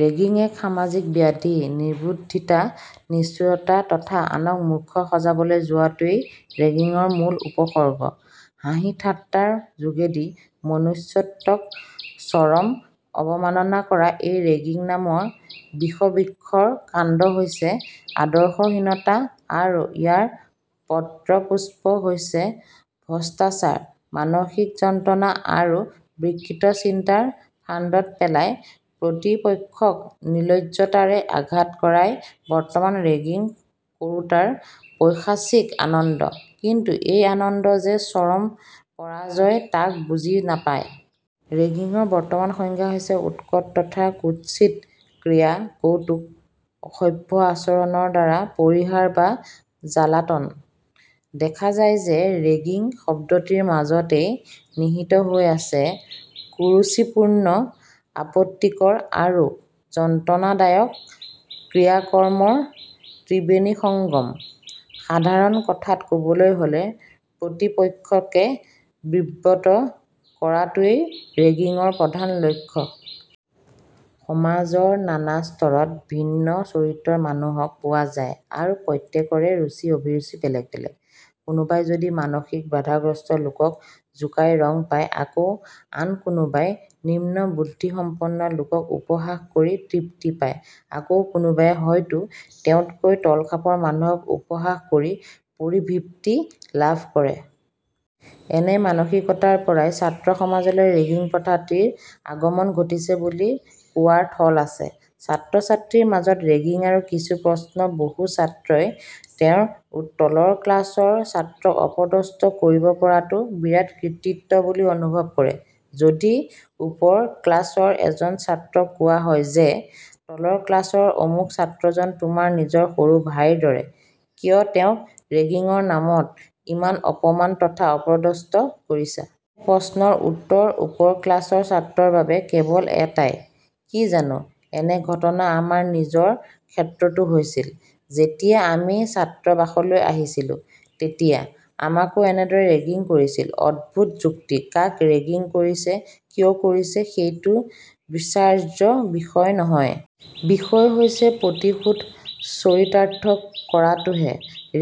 Ragging এক সামাজিক ব্যাধি। নিৰ্বুদ্ধিতা, নিষ্ঠুৰতা তথা আনক মূৰ্খ সজাবলৈ যোৱাটোৱেই ৰেগিঙৰ মূল উপসৰ্গ। হাঁহি-ঠাট্টাৰ যোগেদি মনুষ্যত্বক চৰম অবমাননা কৰা এই ৰেগিং নামৰ বিষবৃক্ষৰ কাণ্ড হৈছে আদৰ্শহীনতা আৰু ইয়াৰ পত্ৰপুষ্প হৈছে ভ্ৰষ্টাচাৰ। মানসিক যন্ত্ৰণা আৰু বিকৃত চিন্তাৰ ফান্দত পেলাই প্ৰতিপক্ষক নিলজ্জতাৰে আঘাত কৰাই বৰ্তমান ৰেগিং কৰোতাৰ পৈশাচিক আনন্দ ৷ কিন্তু এই আনন্দ যে চৰম পৰাজয় তাক বুজি নাপায়। ৰেগিঙৰ বৰ্তমান সংজ্ঞা হৈছে উৎকট তথা কুৎসিত ক্ৰীড়া কৌতুক; অসভ্য আচৰণৰ দ্বাৰা পৰিহাস বা জ্বালাতন। দেখা যায় যে ৰেগিং শব্দটিৰ মাজতেই নিহিত হৈ আছে কুৰুচিপূৰ্ণ, আপত্তিকৰ আৰু যন্ত্ৰণাদায়ক ক্ৰিয়াকৰ্মৰ ত্ৰিবেণীসংগম। সাধাৰণ কথাত ক'বলৈ হ'লে প্ৰতিপক্ষকে বিব্ৰত কৰাটোৱেই ৰেগিঙৰ প্ৰধান লক্ষ্য। সমাজৰ নানা স্তৰত ভিন্ন চৰিত্ৰৰ মানুহক পোৱা যায় আৰু প্ৰত্যেকৰে ৰুচি-অভিৰুচি বেলেগ বেলেগ। কোনোবাই যদি মানসিক বাধাগ্ৰস্ত লোকক জোকাই ৰং পায় আকৌ আন কোনোবাই নিম্ন বুদ্ধিসম্পন্ন লোকক উপহাস কৰি তৃপ্তি পায়। আকৌ কোনোবাই হয়তো তেওঁতকৈ তলখাপৰ মানুহক উপহাস কৰি পৰিভৃপ্তি লাভ কৰে। এনে মানসিকতাৰ পৰাই ছাত্ৰসমাজলৈ ৰেগিং প্ৰথাটিৰ আগমন ঘটিছে বুলি কোৱাৰ থল আছে। ছাত্ৰ-ছাত্ৰীৰ মাজত ৰেগিং আৰু কিছু প্ৰশ্ন বহু ছাত্ৰই তেওঁৰ তলৰ ক্লাচৰ ছাত্ৰক অপদস্থ কৰিব পৰাটো বিৰাট কৃতিত্ব বুলি অনুভৱ কৰে। যদি ওপৰ ক্লাচৰ এজন ছাত্ৰক কোৱা হয় যে, তলৰ ক্লাচৰ অমুক ছাত্ৰজন তোমাৰ নিজৰ সৰু ভাইৰ দৰে, কিয় তেওঁক ৰেগিঙৰ নামত ইমান অপমান তথা অপদস্থ কৰিছা? এনে প্ৰশ্নৰ উত্তৰ ওপৰ ক্লাছৰ ছাত্ৰৰ বাবে কেৱল এটাই- "কি জানো, এনে ঘটনা আমাৰ নিজৰ ক্ষেত্ৰতো হৈছিল। যেতিয়া আমি ছাত্ৰাবাসলৈ আহিছিলো তেতিয়া আমাকো এনেদৰেই ৰেগিং কৰিছিল। " অদ্ভুত যুক্তি, কাক ৰেগিং কৰিছে, কিয় কৰিছে সেইটো বিচাৰ্য বিষয় নহয়। বিষয় হৈছে প্ৰতিশোধ চৰিতাৰ্থ কৰাটোহে।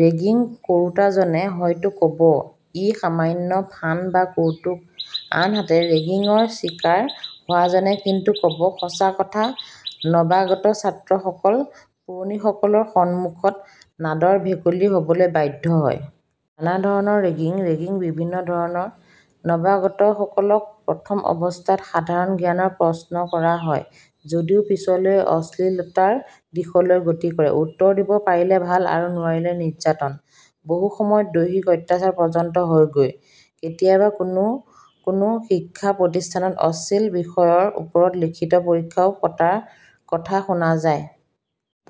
ৰেগিং কৰোতাজনে হয়তো ক'ব- ই সামান্য 'ফান' বা কৌতুক। অন্যহাতে ৰেগিঙৰ চিকাৰ হোৱাজনে কিন্তু ক'ব, ",."! সঁচা কথা, নবাগত ছাত্ৰসকল পুৰণিসকলৰ সন্মুখত নাদৰ ভেকুলী হ'বলৈ বাধ্য হয়। নানাধৰণৰ ৰেগিং ৰেগিংবিভিন্ন ধৰণৰ। নবাগতসকলক প্ৰথম অৱস্থাত সাধাৰণ জ্ঞানৰ প্ৰশ্ন কৰা হয় যদিও পিছলৈ অশ্লীলতাৰ দিশলৈ গতি কৰে। উত্তৰ দিব পাৰিলে ভাল আৰু নোৱাৰিলে নিৰ্যাতন। বহুসময়ত দৈহিক অত্যাচাৰ পৰ্যন্ত হয়গৈ। কেতিয়াবা কোনো কোনো শিক্ষা প্ৰতিষ্ঠানত অশ্লীল বিষয়ৰ ওপৰত লিখিত পৰীক্ষাও পতাৰ কথা শুনা যায়।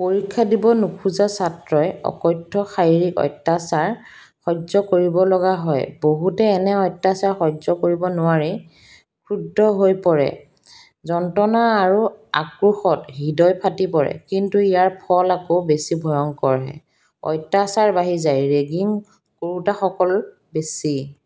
পৰীক্ষা দিব নোখোজা ছাত্ৰই অকথ্য শাৰীৰিক অত্যাচাৰ সহ্য কৰিবলগা হয়। বহুতে এনে অত্যাচাৰ সহ্য কৰিব নোৱাৰি ক্ৰুদ্ধ হৈ পৰে৷ যন্ত্ৰণা আৰু আক্ৰোশত হৃদয় ফাটি পৰে; কিন্তু ইয়াৰ ফল আকৌ বেছি ভয়ঙ্কৰহে। অত্যাচাৰ বাঢ়ি যায়, ৰেগিং কৰোতাসকল বেছি